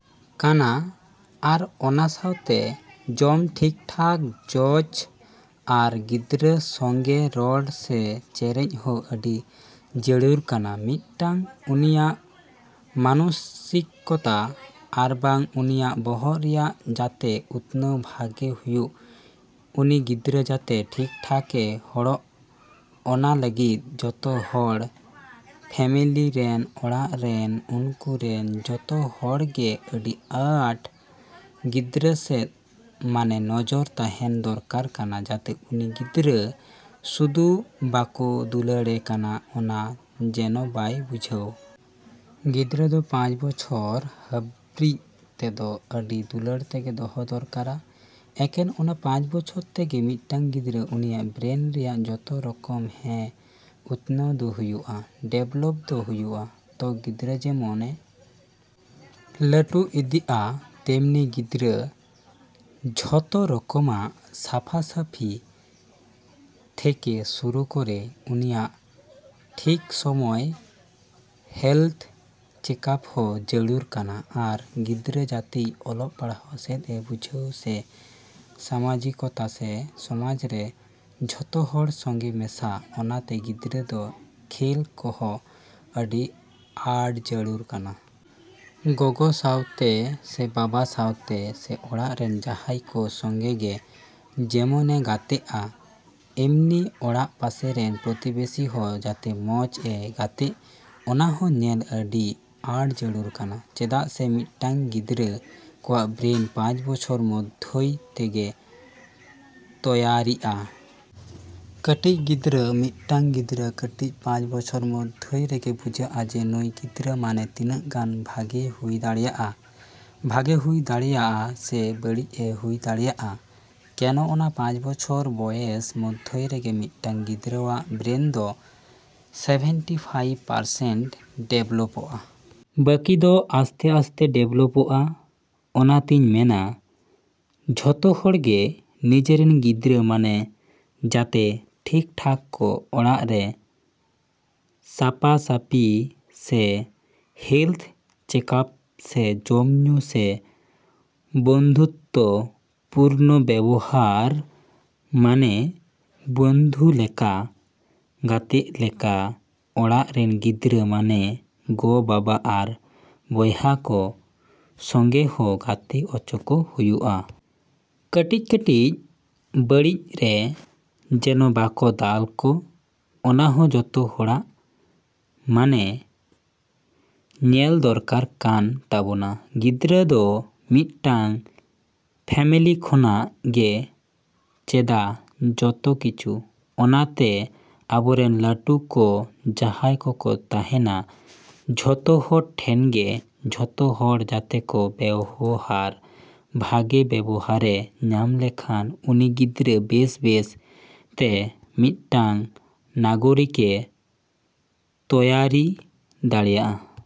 ᱠᱟᱱᱟ᱾ ᱟᱨ ᱚᱱᱟ ᱥᱟᱶᱛᱮ ᱡᱚᱢ ᱴᱷᱤᱠ ᱴᱷᱟᱠ ᱡᱚᱡ ᱟᱨ ᱜᱤᱫᱽᱨᱟᱹ ᱥᱚᱸᱜᱮ ᱨᱚᱲ ᱥᱮ ᱪᱮᱨᱮᱡ ᱦᱚᱸ ᱟᱹᱰᱤ ᱡᱟᱹᱨᱩᱲ ᱠᱟᱱᱟ ᱢᱤᱫᱴᱟᱹᱝ, ᱩᱱᱤᱭᱟᱜ ᱢᱟᱱᱚᱥᱤᱠᱛᱟ ᱟᱨᱵᱟᱝ ᱩᱱᱤᱭᱟᱜ ᱵᱚᱦᱚᱜ ᱨᱮᱭᱟᱜ ᱡᱟᱛᱮ ᱩᱛᱱᱟᱹᱣ ᱵᱷᱟᱜᱮ ᱦᱩᱭᱩᱜ, ᱩᱱᱤ ᱜᱤᱫᱽᱨᱟᱹ ᱡᱟᱛᱮ ᱴᱷᱤᱠ ᱴᱷᱟᱠᱮ ᱦᱚᱲᱚᱜ, ᱚᱱᱟ ᱞᱟᱹᱜᱤᱫ ᱡᱚᱛᱚ ᱦᱚᱲ ᱯᱷᱮᱢᱮᱞᱤ ᱨᱮᱱ, ᱚᱲᱟᱜ ᱨᱮᱱ ᱩᱱᱠᱩ ᱨᱮᱱ ᱡᱷᱚᱛᱚ ᱦᱚᱲ ᱜᱮ ᱟᱹᱰᱤ ᱟᱸᱴ ᱜᱤᱫᱽᱨᱟᱹ ᱥᱮᱫ ᱢᱟᱱᱮ ᱱᱚᱡᱚᱨ ᱛᱟᱦᱮᱱ ᱫᱚᱨᱠᱟᱨ ᱠᱟᱱᱟ ᱡᱟᱛᱮ ᱩᱱᱤ ᱜᱤᱫᱽᱨᱟᱹ ᱥᱩᱫᱩ ᱵᱟᱠᱚ ᱫᱩᱞᱟᱹᱲᱮ ᱠᱟᱱᱟ ᱚᱱᱟ ᱡᱮᱱᱚ ᱵᱟᱭ ᱵᱩᱡᱷᱟᱹᱣ᱾ ᱜᱤᱫᱽᱨᱟᱹ ᱫᱚ ᱯᱟᱸᱪ ᱵᱚᱪᱷᱚᱨ ᱦᱟᱹᱨᱤᱡ ᱛᱮᱫᱚ ᱟᱹᱰᱤ ᱫᱩᱞᱟᱹᱲ ᱛᱮᱜᱮ ᱫᱚᱦᱚ ᱫᱚᱨᱠᱟᱨᱟ, ᱮᱠᱮᱱ ᱚᱱᱟ ᱯᱟᱸᱪ ᱵᱚᱪᱷᱚᱨ ᱛᱮᱜᱮ ᱢᱤᱫᱴᱟᱹᱝ ᱜᱤᱫᱽᱨᱟᱹ ᱩᱱᱤᱭᱟᱜ ᱵᱨᱮᱱ ᱨᱮᱭᱟᱜ ᱡᱷᱚᱛᱚ ᱨᱚᱠᱚᱢ ᱦᱮᱸ ᱩᱛᱱᱟᱹᱣ ᱫᱚ ᱦᱩᱭᱩᱜᱼᱟ, ᱰᱮᱵᱷᱮᱞᱚᱯ ᱫᱚ ᱦᱩᱭᱩᱜᱼᱟ᱾ ᱛᱚ ᱜᱤᱫᱽᱨᱟᱹ ᱡᱮᱢᱚᱱᱮ ᱞᱟᱹᱴᱩ ᱤᱫᱤᱜᱼᱟ ᱛᱮᱢᱱᱤ ᱜᱤᱫᱽᱨᱟᱹ ᱡᱷᱚᱛᱚ ᱨᱚᱠᱚᱢᱟᱜ ᱥᱟᱯᱟ ᱥᱟᱯᱤ ᱛᱷᱮᱠᱮ ᱥᱩᱨᱩ ᱠᱚᱨᱮ ᱩᱱᱤᱭᱟᱜ ᱴᱷᱤᱠ ᱥᱚᱢᱚᱭ ᱦᱮᱞᱛᱷ ᱪᱮᱠᱟᱯ ᱦᱚᱸ ᱡᱟᱹᱨᱩᱲ ᱠᱟᱱᱟ ᱟᱨ ᱜᱤᱫᱽᱨᱟᱹ ᱡᱟᱛᱮᱭ ᱚᱞᱚᱜ ᱯᱟᱲᱦᱟᱜ ᱥᱮᱫ ᱮ ᱵᱩᱡᱷᱟᱹᱣ ᱥᱮ ᱥᱟᱢᱟᱡᱤᱠᱚᱛᱟ ᱥᱮ ᱥᱚᱢᱟᱡᱽ ᱨᱮ ᱡᱷᱚᱛᱚ ᱦᱚᱲ ᱥᱚᱸᱜᱮ ᱢᱮᱥᱟ, ᱚᱱᱟ ᱛᱮ ᱜᱤᱫᱽᱨᱟᱹ ᱫᱚ ᱠᱷᱮᱞ ᱠᱚᱦᱚᱸ ᱟᱹᱰᱤ ᱟᱸᱴ ᱡᱟᱹᱨᱩᱲ ᱠᱟᱱᱟ᱾ ᱜᱚᱜᱚ ᱥᱟᱶᱛᱮ ᱥᱮ ᱵᱟᱵᱟ ᱥᱟᱶᱛᱮ ᱥᱮ ᱚᱲᱟᱜ ᱨᱮᱱ ᱡᱟᱦᱟᱸᱭ ᱠᱚ ᱥᱚᱸᱜᱮ ᱜᱮ ᱡᱮᱢᱚᱱᱮ ᱜᱟᱛᱮᱜᱼᱟ, ᱮᱢᱱᱤ ᱚᱲᱟᱜ ᱯᱟᱥᱮ ᱨᱮᱱ ᱯᱨᱚᱛᱤᱵᱮᱥᱤ ᱦᱚᱸ ᱡᱟᱛᱮ ᱢᱚᱡᱽ ᱮ ᱜᱟᱛᱮᱜ, ᱚᱱᱟ ᱦᱚᱸ ᱧᱮᱞ ᱟᱹᱰᱤ ᱟᱸᱴ ᱡᱟᱹᱨᱩᱲ ᱠᱟᱱᱟ, ᱪᱮᱫᱟᱜ ᱥᱮ ᱢᱤᱫᱴᱟᱹᱝ ᱜᱤᱫᱽᱨᱟᱹ ᱠᱚᱣᱟᱜ ᱵᱨᱮᱱ ᱯᱟᱸᱪ ᱵᱚᱪᱷᱚᱨ ᱢᱚᱫᱷᱭᱚ ᱛᱮᱜᱮ ᱛᱚᱭᱟᱨᱤᱜᱼᱟ᱾ ᱠᱟᱹᱴᱤᱡ ᱜᱤᱫᱽᱨᱟᱹ, ᱢᱤᱫᱴᱟᱹᱝ ᱜᱤᱫᱽᱨᱟᱹ ᱠᱟᱹᱴᱤᱡ ᱯᱟᱸᱪ ᱵᱚᱪᱷᱚᱨ ᱢᱚᱫᱷᱭᱚ ᱨᱮᱜᱮ ᱵᱩᱡᱷᱟᱹᱜᱼᱟ ᱡᱮ ᱱᱩᱭ ᱜᱤᱫᱽᱨᱟᱹ ᱢᱟᱱᱮ ᱛᱤᱱᱟᱹᱜ ᱜᱟᱱ ᱵᱷᱟᱜᱮᱭ ᱦᱩᱭ ᱫᱟᱲᱮᱭᱟᱜᱼᱟ᱾ ᱵᱷᱟᱜᱮ ᱦᱩᱭ ᱫᱟᱲᱮᱭᱟᱜᱼᱟ ᱥᱮ ᱵᱟᱹᱲᱤᱡ ᱮ ᱦᱩᱭ ᱫᱟᱲᱮᱭᱟᱜᱼᱟ᱾ ᱠᱮᱱᱚ ᱚᱱᱟ ᱯᱟᱸᱪ ᱵᱚᱪᱷᱚᱨ ᱵᱚᱭᱮᱥ ᱢᱚᱫᱷᱭᱚ ᱨᱮᱜᱮ ᱢᱤᱫᱴᱟᱹᱝ ᱜᱤᱫᱽᱨᱟᱹᱣᱟᱜ ᱵᱨᱮᱱ ᱫᱚ ᱥᱮᱵᱷᱮᱱᱴᱤ ᱯᱷᱟᱭᱤᱵᱽ ᱯᱟᱨᱥᱮᱱᱴ ᱰᱮᱵᱷᱮᱞᱚᱯᱚᱜᱼᱟ᱾ ᱵᱟᱠᱤ ᱫᱚ ᱟᱥᱛᱮᱼᱟᱥᱛᱮ ᱰᱮᱵᱷᱮᱞᱚᱯᱚᱜᱼᱟ, ᱚᱱᱟᱛᱮᱧ ᱢᱮᱱᱟ ᱡᱷᱚᱛᱚ ᱦᱚᱲ ᱜᱮ ᱱᱤᱡᱮᱨᱮᱱ ᱜᱤᱫᱽᱨᱟᱹ ᱢᱟᱱᱮ ᱡᱟᱛᱮ ᱴᱷᱤᱠ ᱴᱷᱟᱠ ᱠᱚ ᱚᱲᱟᱜ ᱨᱮ ᱥᱟᱯᱟ ᱥᱟᱯᱤ ᱥᱮ ᱦᱮᱞᱛᱷ ᱪᱮᱠᱟᱯ ᱥᱮ ᱡᱚᱢ ᱧᱩ ᱥᱮ ᱵᱚᱱᱫᱷᱩᱛᱛᱚ ᱯᱩᱨᱱᱚ ᱵᱮᱵᱚᱦᱟᱨ ᱢᱟᱱᱮ ᱵᱚᱱᱫᱷᱩ ᱞᱮᱠᱟ, ᱜᱟᱛᱮᱜ ᱞᱮᱠᱟ ᱚᱲᱟᱜ ᱨᱮᱱ ᱜᱤᱫᱽᱨᱟᱹ ᱢᱟᱱᱮ ᱜᱚ ᱵᱟᱵᱟ ᱟᱨ ᱵᱚᱭᱦᱟ ᱠᱚ ᱥᱚᱸᱜᱮ ᱦᱚᱸ ᱜᱟᱛᱮ ᱦᱚᱪᱚ ᱠᱚ ᱦᱩᱭᱩᱜᱼᱟ᱾ ᱠᱟᱹᱴᱤᱡᱼᱠᱟᱹᱴᱤᱡ ᱵᱟᱹᱲᱤᱡ ᱨᱮ ᱡᱮᱱᱚ ᱵᱟᱠᱚ ᱫᱟᱞ ᱠᱚ ᱚᱱᱟ ᱦᱚᱸ ᱡᱷᱚᱛᱚ ᱦᱚᱲᱟᱜ ᱢᱟᱱᱮ, ᱧᱮᱞ ᱫᱚᱨᱠᱟᱨ ᱠᱟᱱ ᱛᱟᱵᱚᱱᱟ, ᱜᱤᱫᱽᱨᱟᱹ ᱫᱚ ᱢᱤᱫᱴᱟᱹᱝ ᱯᱷᱮᱢᱮᱞᱤ ᱠᱷᱚᱱᱟᱜ ᱜᱮ ᱪᱮᱫᱟ ᱡᱚᱛᱚ ᱠᱤᱪᱷᱩ, ᱚᱱᱟ ᱛᱮ ᱟᱵᱚ ᱨᱮᱱ ᱞᱟᱹᱴᱩ ᱠᱚ ᱡᱟᱦᱟᱸᱭ ᱠᱚᱠᱚ ᱛᱟᱦᱮᱱᱟ ᱡᱷᱚᱛᱚ ᱦᱚᱲ ᱴᱷᱮᱱ ᱜᱮ ᱡᱷᱚᱛᱚ ᱦᱚᱲ ᱡᱟᱛᱮ ᱠᱚ ᱵᱮᱵᱚᱦᱟᱨ, ᱵᱷᱟᱜᱮ ᱵᱮᱵᱚᱦᱟᱨᱮ ᱧᱟᱢ ᱞᱮᱠᱷᱟᱱ ᱩᱱᱤ ᱜᱤᱫᱽᱨᱟᱹ ᱵᱮᱥ, ᱵᱮᱥ ᱛᱮ ᱢᱤᱫᱴᱟᱹᱝ ᱱᱟᱜᱚᱨᱤᱠᱮ ᱛᱚᱭᱟᱨᱤ ᱫᱟᱲᱮᱭᱟᱜᱼᱟ᱾